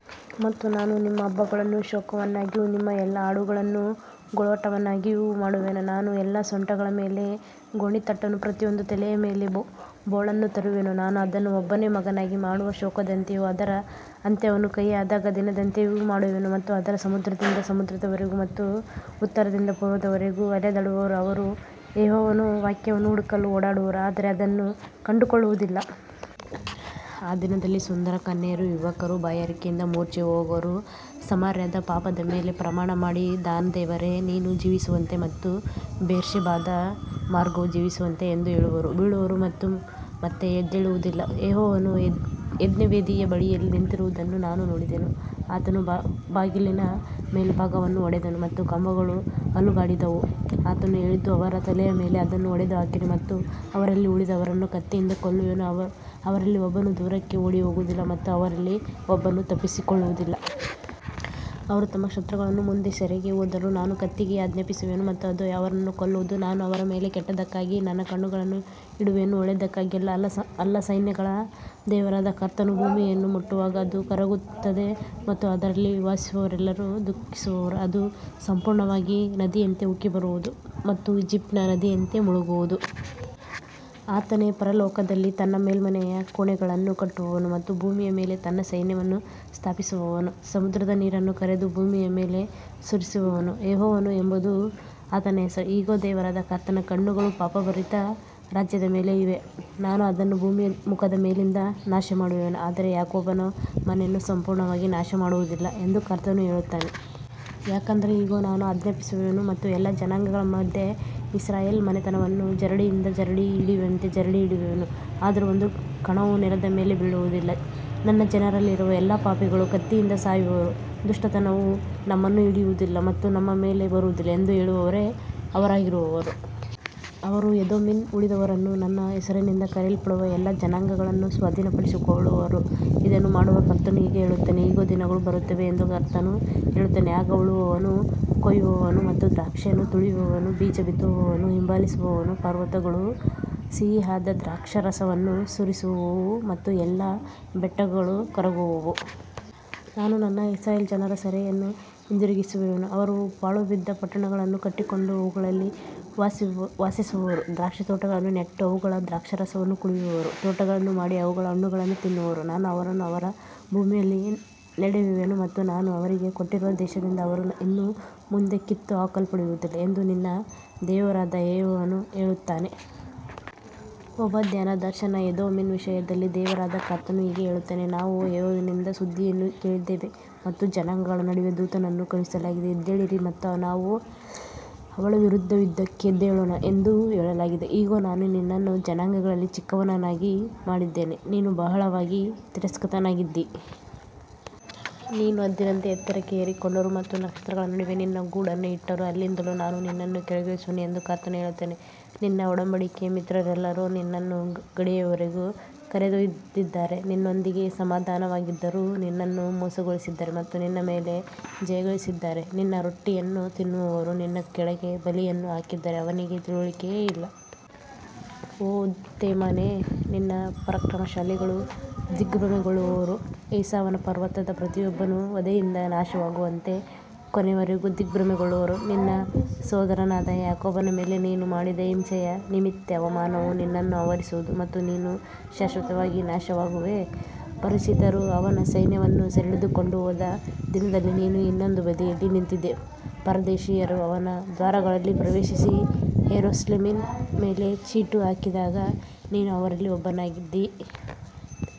ಮತ್ತು ನಾನು ನಿಮ್ಮ ಹಬ್ಬಗಳನ್ನು ಶೋಕವನ್ನಾಗಿಯೂ ನಿಮ್ಮ ಎಲ್ಲಾ ಹಾಡುಗಳನ್ನು ಗೋಳಾಟವನ್ನಾಗಿಯೂ ಮಾಡುವೆನು, ನಾನು ಎಲ್ಲಾ ಸೊಂಟಗಳ ಮೇಲೆ ಗೋಣಿತಟ್ಟನ್ನೂ ಪ್ರತಿಯೊಂದು ತಲೆಯ ಮೇಲೆ ಬೋಳನ್ನೂ ತರುವೆನು, ನಾನು ಅದನ್ನು ಒಬ್ಬನೇ ಮಗನಿಗಾಗಿ ಮಾಡುವ ಶೋಕದಂತೆಯೂ ಅದರ ಅಂತ್ಯವನ್ನು ಕಹಿಯಾದ ದಿನದಂತೆಯೂ ಮಾಡುವೆನು. ಮತ್ತು ಅವರು ಸಮುದ್ರದಿಂದ ಸಮುದ್ರದವರೆಗೂ ಮತ್ತು ಉತ್ತರದಿಂದ ಪೂರ್ವದವರೆಗೂ ಅಲೆದಾಡುವರು, ಅವರು ಯೆಹೋವನ ವಾಕ್ಯವನ್ನು ಹುಡುಕಲು ಓಡಾಡುವರು, ಆದರೆ ಅದನ್ನು ಕಂಡುಕೊಳ್ಳುವುದಿಲ್ಲ. ಆ ದಿನದಲ್ಲಿ ಸುಂದರ ಕನ್ಯೆಯರೂ ಯುವಕರೂ ಬಾಯಾರಿಕೆಯಿಂದ ಮೂರ್ಛೆಹೋಗುವರು, ಸಮಾರ್ಯದ ಪಾಪದ ಮೇಲೆ ಪ್ರಮಾಣಮಾಡಿ, ದಾನ್ ದೇವರೇ, ನೀನು ಜೀವಿಸುವಂತೆ ಮತ್ತು ಬೇರ್ಷೆಬಾದ ಮಾರ್ಗವು ಜೀವಿಸುವಂತೆ ಎಂದು ಹೇಳುವವರು ಬೀಳುವರು ಮತ್ತು ಮತ್ತೆ ಎದ್ದೇಳುವುದಿಲ್ಲ. ಯೆಹೋವನು ಯಜ್ಞವೇದಿಯ ಬಳಿಯಲ್ಲಿ ನಿಂತಿರುವುದನ್ನು ನಾನು ನೋಡಿದೆನು, ಆತನು ಬಾಗಿಲಿನ ಮೇಲ್ಭಾಗವನ್ನು ಹೊಡೆದನು ಮತ್ತು ಕಂಬಗಳು ಅಲುಗಾಡಿದವು, ಆತನು ಹೇಳಿದ್ದು, ಅವರ ತಲೆಯ ಮೇಲೆ ಅದನ್ನು ಒಡೆದುಹಾಕಿರಿ ಮತ್ತು ಅವರಲ್ಲಿ ಉಳಿದವರನ್ನು ಕತ್ತಿಯಿಂದ ಕೊಲ್ಲುವೆನು, ಅವರಲ್ಲಿ ಒಬ್ಬನೂ ದೂರಕ್ಕೆ ಓಡಿಹೋಗುವುದಿಲ್ಲ ಮತ್ತು ಅವರಲ್ಲಿ ಒಬ್ಬನೂ ತಪ್ಪಿಸಿಕೊಳ್ಳುವುದಿಲ್ಲ. ಅವರು ತಮ್ಮ ಶತ್ರುಗಳ ಮುಂದೆ ಸೆರೆಗೆ ಹೋದರೂ ನಾನು ಕತ್ತಿಗೆ ಆಜ್ಞಾಪಿಸುವೆನು ಮತ್ತು ಅದು ಅವರನ್ನು ಕೊಲ್ಲುವುದು, ನಾನು ಅವರ ಮೇಲೆ ಕೆಟ್ಟದ್ದಕ್ಕಾಗಿ ನನ್ನ ಕಣ್ಣುಗಳನ್ನು ಇಡುವೆನು, ಒಳ್ಳೆಯದಕ್ಕಾಗಿ ಅಲ್ಲ. ಸೈನ್ಯಗಳ ದೇವರಾದ ಕರ್ತನು ಭೂಮಿಯನ್ನು ಮುಟ್ಟುವಾಗ ಅದು ಕರಗುತ್ತದೆ ಮತ್ತು ಅದರಲ್ಲಿ ವಾಸಿಸುವವರೆಲ್ಲರೂ ದುಃಖಿಸುವರು, ಅದು ಸಂಪೂರ್ಣವಾಗಿ ನದಿಯಂತೆ ಉಕ್ಕಿಬರುವುದು ಮತ್ತು ಈಜಿಪ್ಟಿನ ನದಿಯಂತೆ ಮುಳುಗುವುದು. ಆತನೇ ಪರಲೋಕದಲ್ಲಿ ತನ್ನ ಮೇಲ್ಮನೆಯ ಕೋಣೆಗಳನ್ನು ಕಟ್ಟುವವನು ಮತ್ತು ಭೂಮಿಯ ಮೇಲೆ ತನ್ನ ಸೈನ್ಯವನ್ನು ಸ್ಥಾಪಿಸುವವನು, ಸಮುದ್ರದ ನೀರನ್ನು ಕರೆದು ಭೂಮಿಯ ಮೇಲೆ ಸುರಿಸುವವನು, ಯೆಹೋವನು ಎಂಬುದು ಆತನ ಹೆಸರು. ಇಗೋ, ದೇವರಾದ ಕರ್ತನ ಕಣ್ಣುಗಳು ಪಾಪಭರಿತ ರಾಜ್ಯದ ಮೇಲೆ ಇವೆ, ನಾನು ಅದನ್ನು ಭೂಮಿಯ ಮುಖದ ಮೇಲಿಂದ ನಾಶಮಾಡುವೆನು, ಆದರೆ ಯಾಕೋಬನ ಮನೆಯನ್ನು ಸಂಪೂರ್ಣವಾಗಿ ನಾಶಮಾಡುವುದಿಲ್ಲ ಎಂದು ಕರ್ತನು ಹೇಳುತ್ತಾನೆ. ಯಾಕಂದರೆ ಇಗೋ, ನಾನು ಆಜ್ಞಾಪಿಸುವೆನು ಮತ್ತು ಎಲ್ಲಾ ಜನಾಂಗಗಳ ಮಧ್ಯೆ ಇಸ್ರಾಯೇಲ್ ಮನೆತನವನ್ನು ಜರಡಿಯಿಂದ ಜರಡಿ ಹಿಡಿಯುವಂತೆ ಜರಡಿ ಹಿಡಿಯುವೆನು, ಆದರೂ ಒಂದು ಕಣವೂ ನೆಲದ ಮೇಲೆ ಬೀಳುವುದಿಲ್ಲ. ನನ್ನ ಜನರಲ್ಲಿರುವ ಎಲ್ಲಾ ಪಾಪಿಗಳು ಕತ್ತಿಯಿಂದ ಸಾಯುವರು, ದುಷ್ಟತನವು ನಮ್ಮನ್ನು ಹಿಡಿಯುವುದಿಲ್ಲ ಮತ್ತು ನಮ್ಮ ಮೇಲೆ ಬರುವುದಿಲ್ಲ ಎಂದು ಹೇಳುವವರೇ ಅವರಾಗಿರುವರು. ಅವರು ಎದೋಮಿನ ಉಳಿದವರನ್ನೂ ನನ್ನ ಹೆಸರಿನಿಂದ ಕರೆಯಲ್ಪಡುವ ಎಲ್ಲಾ ಜನಾಂಗಗಳನ್ನೂ ಸ್ವಾಧೀನಪಡಿಸಿಕೊಳ್ಳುವರು, ಇದನ್ನು ಮಾಡುವ ಕರ್ತನು ಹೀಗೆ ಹೇಳುತ್ತಾನೆ. ಇಗೋ, ದಿನಗಳು ಬರುತ್ತವೆ ಎಂದು ಕರ್ತನು ಹೇಳುತ್ತಾನೆ, ಆಗ ಉಳುವವನು ಕೊಯ್ಯುವವನನ್ನು ಮತ್ತು ದ್ರಾಕ್ಷಿಯನ್ನು ತುಳಿಯುವವನು ಬೀಜ ಬಿತ್ತುವವನನ್ನು ಹಿಂಬಾಲಿಸುವನು, ಪರ್ವತಗಳು ಸಿಹಿಯಾದ ದ್ರಾಕ್ಷಾರಸವನ್ನು ಸುರಿಸುವವು ಮತ್ತು ಎಲ್ಲಾ ಬೆಟ್ಟಗಳು ಕರಗುವವು. ನಾನು ನನ್ನ ಇಸ್ರಾಯೇಲ್ ಜನರ ಸೆರೆಯನ್ನು ಹಿಂದಿರುಗಿಸುವೆನು, ಅವರು ಪಾಳುಬಿದ್ದ ಪಟ್ಟಣಗಳನ್ನು ಕಟ್ಟಿಕೊಂಡು ಅವುಗಳಲ್ಲಿ ವಾಸಿಸುವರು, ದ್ರಾಕ್ಷಿತೋಟಗಳನ್ನು ನೆಟ್ಟು ಅವುಗಳ ದ್ರಾಕ್ಷಾರಸವನ್ನು ಕುಡಿಯುವರು, ತೋಟಗಳನ್ನು ಮಾಡಿ ಅವುಗಳ ಹಣ್ಣುಗಳನ್ನು ತಿನ್ನುವರು. ನಾನು ಅವರನ್ನು ಅವರ ಭೂಮಿಯಲ್ಲಿ ನೆಡುವೆನು ಮತ್ತು ನಾನು ಅವರಿಗೆ ಕೊಟ್ಟಿರುವ ದೇಶದಿಂದ ಅವರು ಇನ್ನು ಮುಂದೆ ಕಿತ್ತುಹಾಕಲ್ಪಡುವುದಿಲ್ಲ ಎಂದು ನಿನ್ನ ದೇವರಾದ ಯೆಹೋವನು ಹೇಳುತ್ತಾನೆ. ಓಬದ್ಯನ ದರ್ಶನ, ಎದೋಮಿನ ವಿಷಯದಲ್ಲಿ ದೇವರಾದ ಕರ್ತನು ಹೀಗೆ ಹೇಳುತ್ತಾನೆ, ನಾವು ಯೆಹೋವನಿಂದ ಸುದ್ದಿಯನ್ನು ಕೇಳಿದ್ದೇವೆ ಮತ್ತು ಜನಾಂಗಗಳ ನಡುವೆ ದೂತನನ್ನು ಕಳುಹಿಸಲಾಗಿದೆ, ಎದ್ದೇಳಿರಿ ಮತ್ತು ನಾವು ಅವಳ ವಿರುದ್ಧ ಯುದ್ಧಕ್ಕೆ ಎದ್ದೇಳೋಣ ಎಂದು ಹೇಳಲಾಗಿದೆ. ಇಗೋ, ನಾನು ನಿನ್ನನ್ನು ಜನಾಂಗಗಳಲ್ಲಿ ಚಿಕ್ಕವನನ್ನಾಗಿ ಮಾಡಿದ್ದೇನೆ, ನೀನು ಬಹಳವಾಗಿ ತಿರಸ್ಕೃತನಾಗಿದ್ದೀ. ನೀನು ಹದ್ದಿನಂತೆ ಎತ್ತರಕ್ಕೆ ಏರಿಕೊಂಡರೂ ಮತ್ತು ನಕ್ಷತ್ರಗಳ ನಡುವೆ ನಿನ್ನ ಗೂಡನ್ನು ಇಟ್ಟರೂ, ಅಲ್ಲಿಂದಲೂ ನಾನು ನಿನ್ನನ್ನು ಕೆಳಗಿಳಿಸುವೆನು ಎಂದು ಕರ್ತನು ಹೇಳುತ್ತಾನೆ. ನಿನ್ನ ಒಡಂಬಡಿಕೆಯ ಮಿತ್ರರೆಲ್ಲರೂ ನಿನ್ನನ್ನು ಗಡಿಯವರೆಗೂ ಕರೆದೊಯ್ದಿದ್ದಾರೆ, ನಿನ್ನೊಂದಿಗೆ ಸಮಾಧಾನವಾಗಿದ್ದವರು ನಿನ್ನನ್ನು ಮೋಸಗೊಳಿಸಿದ್ದಾರೆ ಮತ್ತು ನಿನ್ನ ಮೇಲೆ ಜಯಗಳಿಸಿದ್ದಾರೆ, ನಿನ್ನ ರೊಟ್ಟಿಯನ್ನು ತಿನ್ನುವವರು ನಿನ್ನ ಕೆಳಗೆ ಬಲೆಯನ್ನು ಹಾಕಿದ್ದಾರೆ, ಅವನಿಗೆ ತಿಳುವಳಿಕೆಯೇ ಇಲ್ಲ. ಓ ತೇಮಾನೇ, ನಿನ್ನ ಪರಾಕ್ರಮಶಾಲಿಗಳು ದಿಗ್ಭ್ರಮೆಗೊಳ್ಳುವರು, ಏಸಾವನ ಪರ್ವತದ ಪ್ರತಿಯೊಬ್ಬನೂ ವಧೆಯಿಂದ ನಾಶವಾಗುವಂತೆ ಕೊನೆಯವರೆಗೂ ದಿಗ್ಭ್ರಮೆಗೊಳ್ಳುವನು. ನಿನ್ನ ಸಹೋದರನಾದ ಯಾಕೋಬನ ಮೇಲೆ ನೀನು ಮಾಡಿದ ಹಿಂಸೆಯ ನಿಮಿತ್ತ ಅವಮಾನವು ನಿನ್ನನ್ನು ಆವರಿಸುವದು ಮತ್ತು ನೀನು ಶಾಶ್ವತವಾಗಿ ನಾಶವಾಗುವೆ. ಅಪರಿಚಿತರು ಅವನ ಸೈನ್ಯವನ್ನು ಸೆರೆಹಿಡಿದುಕೊಂಡು ಹೋದ ದಿನದಲ್ಲಿ, ನೀನು ಇನ್ನೊಂದು ಬದಿಯಲ್ಲಿ ನಿಂತಿದ್ದೆ, ಪರದೇಶಿಯರು ಅವನ ದ್ವಾರಗಳಲ್ಲಿ ಪ್ರವೇಶಿಸಿ ಯೆರೂಸಲೇಮಿನ ಮೇಲೆ ಚೀಟು ಹಾಕಿದಾಗ ನೀನೂ ಅವರಲ್ಲಿ ಒಬ್ಬನಾಗಿದ್ದೆ.